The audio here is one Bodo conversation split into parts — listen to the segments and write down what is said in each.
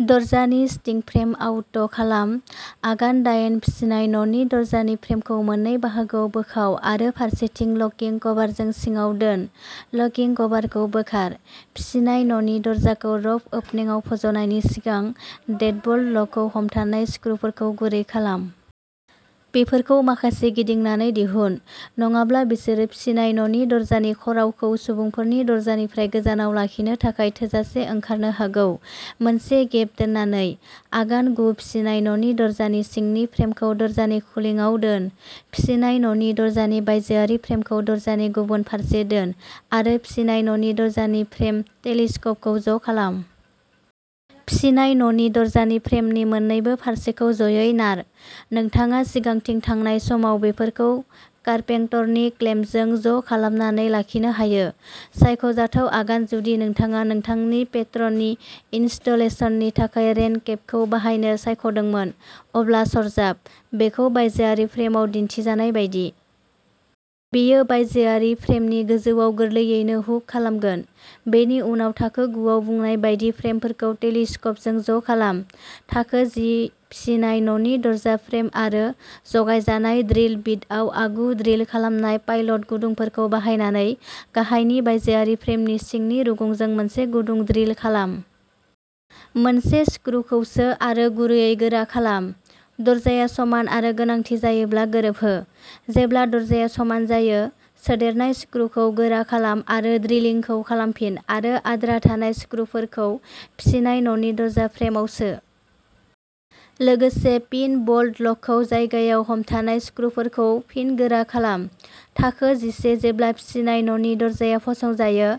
दरजानि सिंथिं'फ्रेम आउट' खालाम। आगान दायेन फिसिनाय न'नि दरजानि फ्रेमखौ मोननै बाहागोआव बोखाव आरो फारसेथिं लकिं कभारजों सिङाव दोन। लकिं कभारखौ बोखार। फिसिनाय न'नि दरजाखौ र'फ ओपनिंआव फज'नायनि सिगां, डेडबल्ट लकखौ हमथानाय स्क्रुफोरखौ गुरै खालाम। बेफोरखौ माखासे गिदिंनानै दिहुन, नङाब्ला बिसोरो फिसिनाय न'नि दरजानि ख'रावखौ सुबुंफोरनि दरजानिफ्राय गोजानाव लाखिनो थाखाय थोजासे ओंखारनो हागौ, मोनसे गेप दोननानै। आगान गु फिसिनाय न'नि दरजानि सिंनि फ्रेमखौ दरजानि खुलिङाव दोन। फिसिनाय न'नि दरजानि बायजोआरि फ्रेमखौ दरजानि गुबुन फारसे दोन आरो फिसिनाय न'नि दरजानि फ्रेम टेलिस्क'पखौ ज'खालाम। फिसिनाय न'नि दरजानि फ्रेमनि मोन्नैबो फारसेखौ ज'यै नार। नोंथाङा सिगांथिं थांनाय समाव बेफोरखौ कारपेंटरनि क्लेम्पजों ज'खालामनानै लाखिनो हायो। सायख'जाथाव आगान जुदि नोंथाङा नोंथांनि पेटर'नि इनस्टलेशननि थाखाय रेन केपखौ बाहायनो सायख'दोंमोन, अब्ला सरजाब। बेखौ बायजोआरि फ्रेमआव दिन्थिजानाय बायदि। बेयो बायजोआरि फ्रेमनि गोजौआव गोरलैयैनो हुक खालामगोन। बेनि उनाव थाखो गु आव बुंनाय बायदि फ्रेमफोरखौ टेलिस्क'पजों ज'खालाम। थाखो जि फिसिनाय न'नि दरजा फ्रेम आरो जगायजानाय ड्रिल बिटआव आगु-ड्रिल खालामनाय पाइलट गुदुंफोरखौ बाहायनानै, गाहायनि बायजोआरि फ्रेमनि सिंनि रुगुंजों मोनसे गुदुं ड्रिल खालाम। मोनसे स्क्रूखौ सो आरो गुरैयै गोरा खालाम। दरजाया समान आरो गोनांथि जायोब्ला गोरोबहो। जेब्ला दरजाया समान जायो, सोदेरनाय स्क्रूखौ गोरा खालाम आरो ड्रिलिंखौ खालामफिन आरो आद्रा थानाय स्क्रूफोरखौ फिसिनाय न'नि दरजा फ्रेमआव सो। लोगोसे, पिन बल्ट लकखौ जायगायाव हमथानाय स्क्रूफोरखौ फिन गोरा खालाम। थाखो जिसे जेब्ला फिसिनाय न'नि दरजाया फसंजायो,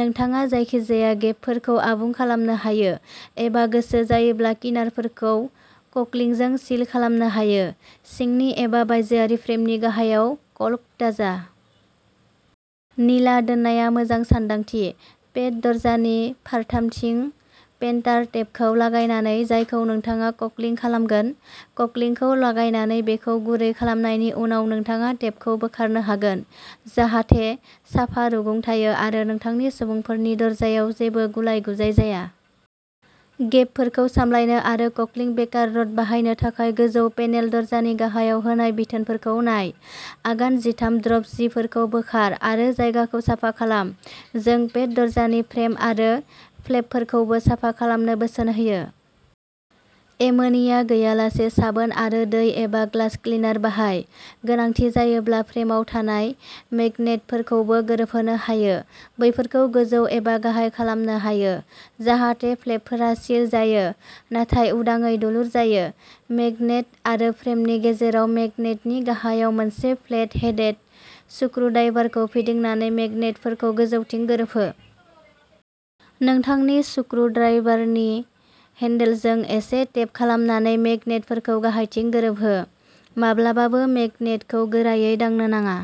नोंथाङा जायखिजाया गेबफोरखौ आबुं खालामनो हायो एबा गोसो जायोब्ला किनारफोरखौ कल्किंजों सिल खालामनो हायो। सिंनि एबा बायजोआरि फ्रेमनि गाहायाव कल्क दाजा। निला दोननाया मोजां सानदांथि। पेट दरजानि फारथामथिं पेन्टार टेपखौ लागायनानै, जायखौ नोंथाङा कल्किं खालामगोन। कल्किंखौ लागायनानै बेखौ गुरै खालामनायनि उनाव, नोंथाङा टेपखौ बोखारनो हागोन जाहाथे साफा रुगुं थायो आरो नोंथांनि सुबुंफोरनि दरजायाव जेबो गुलाय-गुजाय जाया। गेपफोरखौ सामलायनो आरो कल्किं बेकार रड बाहायनो थाखाय गोजौ पेनेल दरजा नि गाहायाव होनाय बिथोनफोरखौ नाय। आगान जिथाम ड्रप जिफोरखौ बोखार आरो जायगाखौ साफा खालाम। जों पेट दरजानि फ्रेम आरो फ्लेपफोरखौबो साफा खालामनो बोसोन होयो। एमोनिया गैयालासे साबोन आरो दै एबा ग्लास क्लिनार बाहाय। गोनांथि जायोब्ला फ्रेमआव थानाय मैग्नेटफोरखौबो गोरोबहोनो हायो। बेफोरखौ गोजौ एबा गाहाय खालामनो हायो जाहाथे फ्लेपफोरा सिल जायो नाथाय उदाङै दुलुर जायो। मैग्नेट आरो फ्रेमनि गेजेराव मैग्नेटनि गाहायाव मोनसे फ्लेट हेडेड स्क्रुद्राइभारखौ फिदिंनानै मैग्नेटफोरखौ गोजौथिं गोरोबहो। नोंथांनि स्क्रुद्राइभारनि हेन्डेलजों एसे टेप खालामनानै मैग्नेटफोरखौ गाहायथिं गोरोबहो। माब्लाबाबो मेगनेटखौ गोरायै दांनो नाङा।